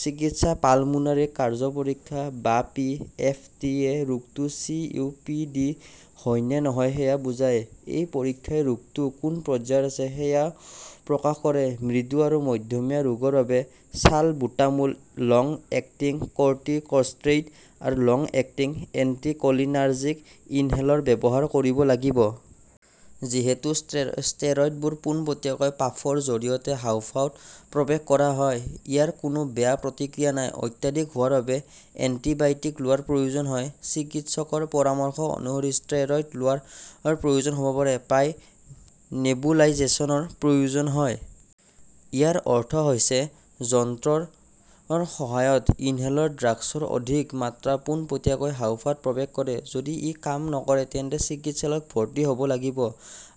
চিকিৎসা পালমোনৰী কাৰ্য্য পৰীক্ষা বা পি. এফ. টি. -য়ে ৰোগটো চি. ও. পি. ডি. হয় নে নহয় সেয়া বুজায়। এই পৰীক্ষাই ৰোগটো কোন পৰ্যায়ত আছে সেয়াও প্ৰকাশ কৰে। মৃদু আৰু মধ্যমীয়া ৰোগৰ বাবে চালবুটামোল, লং-এক্টিং কৰ্টিকোষ্টেইড আৰু লং-এক্টিং এণ্টিকলিনাৰ্জিক ইনহেলৰ ব্যৱহাৰ কৰিব লাগিব। যিহেতু ষ্টেৰইডবোৰ পোনপটীয়াকৈ পাফৰ জৰিয়তে হাঁওফাঁওত প্ৰৱেশ কৰা হয়, ইয়াৰ কোনো বেয়া প্ৰতিক্ৰিয়া নাই। অত্যাধিক হোৱাৰ বাবে এন্টিবায়টিক লোৱাৰ প্ৰয়োজন হয়। চিকিৎসকৰ পৰামৰ্শ অনুসৰি ষ্টেৰইড লোৱাৰ প্ৰয়োজন হব পাৰে। প্ৰায়ে নেবুলাইজেচনৰ প্ৰয়োজন হয়। ইয়াৰ অৰ্থ হৈছে যন্ত্ৰৰ সহায়ত ইনহেলৰ ড্ৰাগছৰ অধিক মাত্ৰা পোনপটীয়াকৈ হাঁওফাঁওত প্ৰৱেশ কৰা। যদি ই কাম নকৰে তেন্তে চিকিৎসালয়ত ভৰ্তি হব লাগিব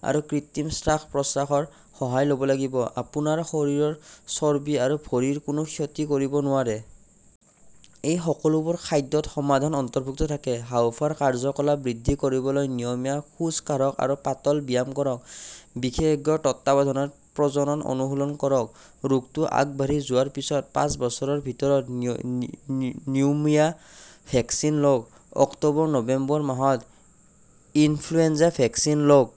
আৰু কৃত্ৰিম শ্বাস-প্ৰশ্বাসৰ সহায় লব লাগিব। আপোনাৰ শৰীৰৰ চৰ্বি আৰু ভৰিৰ কোনো ক্ষতি কৰিব নোৱাৰে? এই সকলোবোৰ খাদ্যত সমাধান অন্তৰ্ভুক্ত থাকে হাঁওফাঁওৰ কাৰ্য্যকলাপ বৃদ্ধি কৰিবলৈ নিয়মীয়া খোজ কাঢ়ক আৰু পাতল ব্যায়াম কৰক। বিশেষজ্ঞৰ তত্বাৱধানত প্ৰজনন অনুশীলন কৰক। ৰোগটো আগবাঢ়ি যোৱাৰ পিছত পাঁচ বছৰৰ ভিতৰত নিউমোনিয়া ভেকচিন লওক। অক্টোবৰ-নৱেম্বৰ মাহত ইনফ্লুৱেঞ্জা ভেকচিন লওক।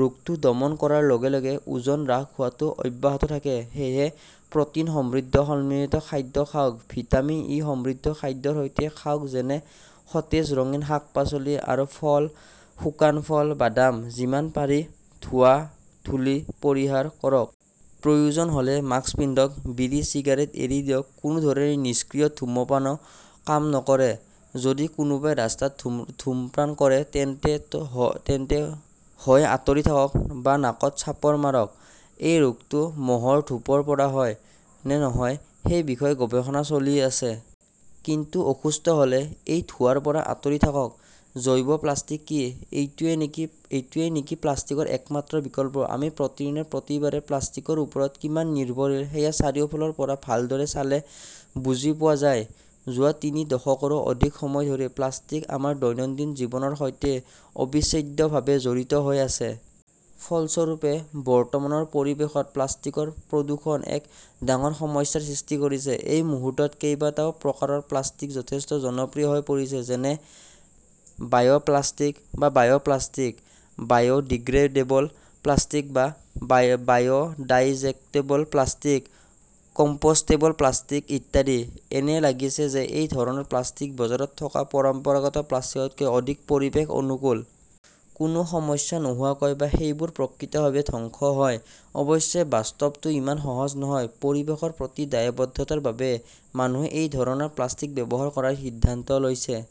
ৰোগটো দমন কৰাৰ লগে লগে ওজন হ্ৰাস হোৱাটো অব্যাহত থাকে। সেয়েহে, প্ৰ 'টিন সমৃদ্ধ সন্তুলিত খাদ্য খাওক। ভিটামিন এ সমৃদ্ধ খাদ্যৰ সৈতে খাওক-যেনে সতেজ ৰঙীন শাক-পাচলি আৰু ফল, শুকান ফল, বাদাম। যিমান পাৰি ধোঁৱা, ধূলি পৰিহাৰ কৰক। প্ৰয়োজন হলে মাস্ক পিন্ধক। বিড়ি-চিগাৰেট এৰি দিয়ক। কোনো ধৰণে নিষ্ক্ৰিয় ধূমপানও কাম নকৰে। যদি কোনোবাই ৰাস্তাত ধূমপান কৰে তেন্তে হয় আঁতৰি থাকক বা নাকত চাপৰ মাৰক। এই ৰোগটো মহৰ ধূপৰ পৰা হয় নে নহয় সেই বিষয়ে গৱেষণা চলি আছে। কিন্তু অসুস্থ হলে এই ধোঁৱাৰ পৰা আঁতৰি থাকক। জৈৱ-প্লাষ্টিক কি? এইটোৱেই নেকি প্লাষ্টিকৰ একমাত্ৰ বিকল্প? আমি প্ৰতিদিনে, প্ৰতিবাৰে প্লাষ্টিকৰ ওপৰত কিমান নিৰ্ভৰশীল সেয়া চাৰিওফালৰ পৰা ভালদৰে চালে বুজি পোৱা যায়। যোৱা তিনি দশকৰো অধিক সময় ধৰি প্লাষ্টিক আমাৰ দৈনন্দিন জীৱনৰ সৈতে অবিচ্ছেদ্যভাৱে জড়িত হৈ আছে। ফলস্বৰূপে, বৰ্তমানৰ পৰিৱেশত প্লাষ্টিকৰ প্ৰদূষণ এক ডাঙৰ সমস্যাৰ সৃষ্টি কৰিছে। এই মুহূৰ্তত কেইবাটাও প্ৰকাৰৰ প্লাষ্টিক যথেষ্ট জনপ্ৰিয় হৈ পৰিছে। যেনে বায়োপ্লাস্টিক বা বায়োপ্লাস্টিক, বায়ডিগ্ৰেডেবল প্লাষ্টিক বা বায়ডাইজেক্টেবল প্লাষ্টিক, কম্পোষ্টেবল প্লাষ্টিক ইত্যাদি। এনে লাগিছে যে এই ধৰণৰ প্লাষ্টিক বজাৰত থকা পৰম্পৰাগত প্লাষ্টিকতকৈ অধিক পৰিৱেশ অনুকূল। কোনো সমস্যা নোহোৱাকৈ বা সেইবোৰ প্ৰাকৃতিকভাৱে ধ্বংস হয়। অৱশ্যে, বাস্তৱটো ইমান সহজ নহয়। পৰিৱেশৰ প্ৰতি দায়বদ্ধতাৰ বাবেই মানুহে এই ধৰণৰ প্লাষ্টিক ব্যৱহাৰ কৰাৰ সিদ্ধান্ত লৈছে।